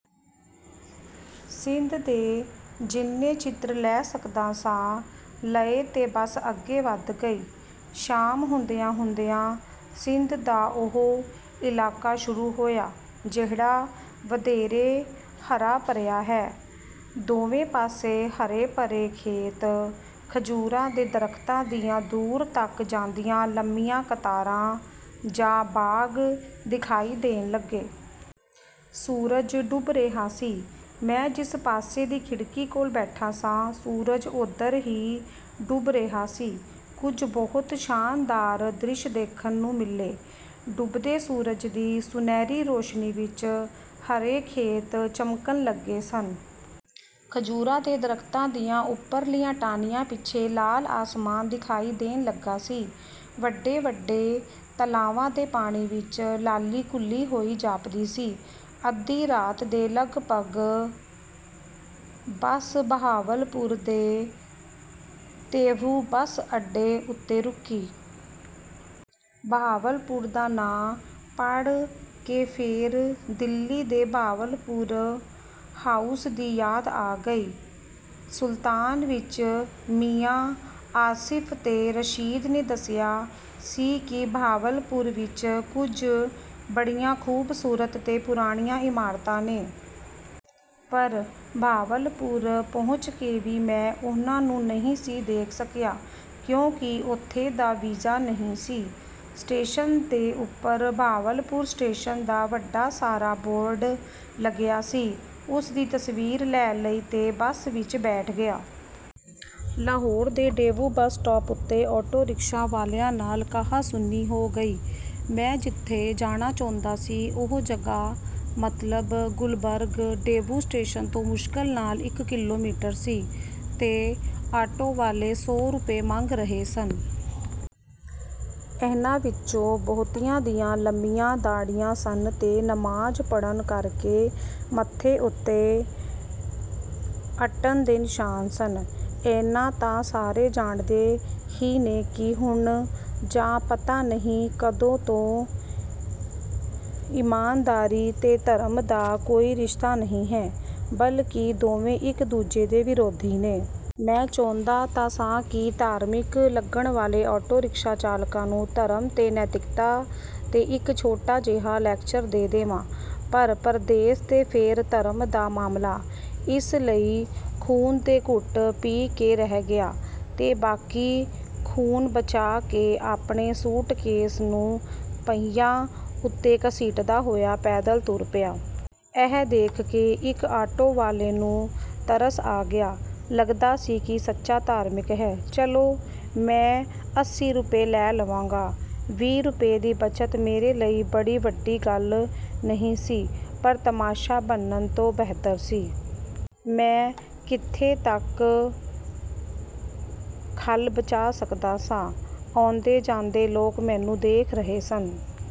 ਸਿੰਧ ਦੇ ਜਿੰਨੇ ਚਿੱਤਰ ਲੈ ਸਕਦਾ ਸਾਂ, ਲਏ ਤੇ ਬੱਸ ਅੱਗੇ ਵਧ ਗਈ। ਸ਼ਾਮ ਹੁੰਦਿਆਂ-ਹੁੰਦਿਆਂ ਸਿੰਧ ਦਾ ਉਹ ਇਲਾਕਾ ਸ਼ੁਰੂ ਹੋਇਆ, ਜਿਹੜਾ ਵਧੇਰੇ ਹਰਾ-ਭਰਿਆ ਹੈ। ਦੋਵੇਂ ਪਾਸੇ ਹਰੇ-ਭਰੇ ਖੇਤ, ਖਜੂਰਾਂ ਦੇ ਦਰਖ਼ਤਾਂ ਦੀਆਂ ਦੂਰ ਤੱਕ ਜਾਂਦੀਆਂ ਲੰਮੀਆਂ ਕਤਾਰਾਂ ਜਾਂ ਬਾਗ਼ ਦਿਖਾਈ ਦੇਣ ਲੱਗੇ। ਸੂਰਜ ਡੁੱਬ ਰਿਹਾ ਸੀ। ਮੈਂ ਜਿਸ ਪਾਸੇ ਦੀ ਖਿੜਕੀ ਕੋਲ ਬੈਠਾ ਸਾਂ, ਸੂਰਜ ਉਧਰ ਹੀ ਡੁੱਬ ਰਿਹਾ ਸੀ। ਕੁਝ ਬਹੁਤ ਸ਼ਾਨਦਾਰ ਦ੍ਰਿਸ਼ ਦੇਖਣ ਨੂੰ ਮਿਲੇ। ਡੁੱਬਦੇ ਸੂਰਜ ਦੀ ਸੁਨਹਿਰੀ ਰੋਸ਼ਨੀ ਵਿਚ ਹਰੇ ਖੇਤ ਚਮਕਣ ਲੱਗੇ ਸਨ। ਖਜੂਰਾਂ ਦੇ ਦਰਖ਼ਤਾਂ ਦੀਆਂ ਉਪਰਲੀਆਂ ਟਾਹਣੀਆਂ ਪਿੱਛੇ ਲਾਲ ਆਸਮਾਨ ਦਿਖਾਈ ਦੇਣ ਲੱਗਾ ਸੀ। ਵੱਡੇ-ਵੱਡੇ ਤਲਾਵਾਂ ਦੇ ਪਾਣੀ ਵਿਚ ਲਾਲੀ ਘੁਲੀ ਹੋਈ ਜਾਪਦੀ ਸੀ। ਅੱਧੀ ਰਾਤ ਦੇ ਲਗਭਗ ਬੱਸ ਬਹਾਵਲਪੁਰ ਦੇ ਡੇਵੂ ਬੱਸ ਅੱਡੇ ਉੱਤੇ ਰੁਕੀ। ਬਹਾਵਲਪੁਰ ਦਾ ਨਾਂ ਪੜ੍ਹ ਕੇ ਫੇਰ ਦਿੱਲੀ ਦੇ ਬਹਾਵਲਪੁਰ ਹਾਊਸ ਦੀ ਯਾਦ ਆ ਗਈ। ਮੁਲਤਾਨ ਵਿਚ ਮੀਆਂ ਆਸਿਫ ਤੇ ਰਸ਼ੀਦ ਨੇ ਦੱਸਿਆ ਸੀ ਕਿ ਬਹਾਵਲਪੁਰ ਵਿਚ ਕੁਝ ਬੜੀਆਂ ਖ਼ੂਬਸੂਰਤ ਤੇ ਪੁਰਾਣੀਆਂ ਇਮਾਰਤਾਂ ਨੇ। ਪਰ ਬਹਾਵਲਪੁਰ ਪਹੁੰਚ ਕੇ ਵੀ ਮੈਂ ਉਹਨਾਂ ਨੂੰ ਨਹੀਂ ਸੀ ਦੇਖ ਸਕਿਆ, ਕਿਉਂਕਿ ਉੱਥੋਂ ਦਾ ਵੀਜ਼ਾ ਨਹੀਂ ਸੀ। ਸਟੇਸ਼ਨ ਦੇ ਉੱਪਰ ਬਹਾਵਲਪੁਰ ਸਟੇਸ਼ਨ ਦਾ ਵੱਡਾ ਸਾਰਾ ਬੋਰਡ ਲੱਗਿਆ ਸੀ। ਉਸਦੀ ਤਸਵੀਰ ਲੈ ਲਈ ਤੇ ਬੱਸ ਵਿਚ ਬੈਠ ਗਿਆ। ਲਾਹੌਰ ਦੇ ਡੇਵੂ ਬੱਸ ਸਟਾਪ ਉੱਤੇ ਆਟੋ ਰਿਕਸ਼ਾ ਵਾਲਿਆਂ ਨਾਲ ਕਹਾ-ਸੁਣੀ ਹੋ ਗਈ। ਮੈਂ ਜਿੱਥੇ ਜਾਣਾ ਚਾਹੁੰਦਾ ਸੀ, ਉਹ ਜਗ੍ਹਾ, ਮਤਲਬ ਗੁਲਬਰਗ, ਡੇਵੂ ਸਟੇਸ਼ਨ ਤੋਂ ਮੁਸ਼ਕਲ ਨਾਲ ਇਕ ਕਿਲੋਮੀਟਰ ਸੀ ਤੇ ਆਟੋ ਵਾਲੇ ਸੌ ਰੁਪਏ ਮੰਗ ਰਹੇ ਸਨ। ਇਹਨਾਂ ਵਿਚੋਂ ਬਹੁਤਿਆਂ ਦੀਆਂ ਲੰਮੀਆਂ ਦਾੜ੍ਹੀਆਂ ਸਨ ਤੇ ਨਮਾਜ਼ ਪੜ੍ਹਨ ਕਰਕੇ ਮੱਥੇ ਉੱਤੇ ਅੱਟਣ ਦੇ ਨਿਸ਼ਾਨ ਸਨ। ਏਨਾ ਤਾਂ ਸਾਰੇ ਜਾਣਦੇ ਹੀ ਨੇ ਕਿ ਹੁਣ, ਜਾਂ ਪਤਾ ਨਹੀਂ ਕਦੋਂ ਤੋਂ, ਇਮਾਨਦਾਰੀ ਤੇ ਧਰਮ ਦਾ ਕੋਈ ਰਿਸ਼ਤਾ ਨਹੀਂ ਹੈ, ਬਲਕਿ ਦੋਵੇਂ ਇਕ-ਦੂਜੇ ਦੇ ਵਿਰੋਧੀ ਨੇ। ਮੈਂ ਚਾਹੁੰਦਾ ਤਾਂ ਸਾਂ ਕਿ ਧਾਰਮਿਕ ਲੱਗਣ ਵਾਲੇ ਆਟੋ ਰਿਕਸ਼ਾ ਚਾਲਕਾਂ ਨੂੰ ਧਰਮ ਤੇ ਨੈਤਿਕਤਾ 'ਤੇ ਇਕ ਛੋਟਾ ਜਿਹਾ ਲੈਕਚਰ ਦੇ ਦੇਵਾਂ, ਪਰ ਪਰਦੇਸ ਤੇ ਫੇਰ ਧਰਮ ਦਾ ਮਾਮਲਾ, ਇਸ ਲਈ ਖ਼ੂਨ ਦੇ ਘੁੱਟ ਪੀ ਕੇ ਰਹਿ ਗਿਆ ਤੇ ਬਾਕੀ ਖ਼ੂਨ ਬਚਾ ਕੇ ਆਪਣੇ ਸੂਟਕੇਸ ਨੂੰ ਪਹੀਆਂ ਉੱਤੇ ਘਸੀਟਦਾ ਹੋਇਆ ਪੈਦਲ ਤੁਰ ਪਿਆ। ਇਹ ਦੇਖ ਕੇ ਇਕ ਆਟੋ ਵਾਲੇ ਨੂੰ ਤਰਸ ਆ ਗਿਆ। ਲੱਗਦਾ ਸੀ ਕਿ ਸੱਚਾ ਧਾਰਮਿਕ ਹੈ। "ਚਲੋ, ਮੈਂ ਅੱਸੀ ਰੁਪਏ ਲੈ ਲਵਾਂਗਾ।" ਵੀਹ ਰੁਪਏ ਦੀ ਬਚਤ ਮੇਰੇ ਲਈ ਬੜੀ ਵੱਡੀ ਗੱਲ ਨਹੀਂ ਸੀ, ਪਰ ਤਮਾਸ਼ਾ ਬਣਨ ਤੋਂ ਬਿਹਤਰ ਸੀ। ਮੈਂ ਕਿੱਥੇ ਤੱਕ ਖੱਲ ਬਚਾ ਸਕਦਾ ਸਾਂ? ਆਉਂਦੇ-ਜਾਂਦੇ ਲੋਕ ਮੈਨੂੰ ਦੇਖ ਰਹੇ ਸਨ।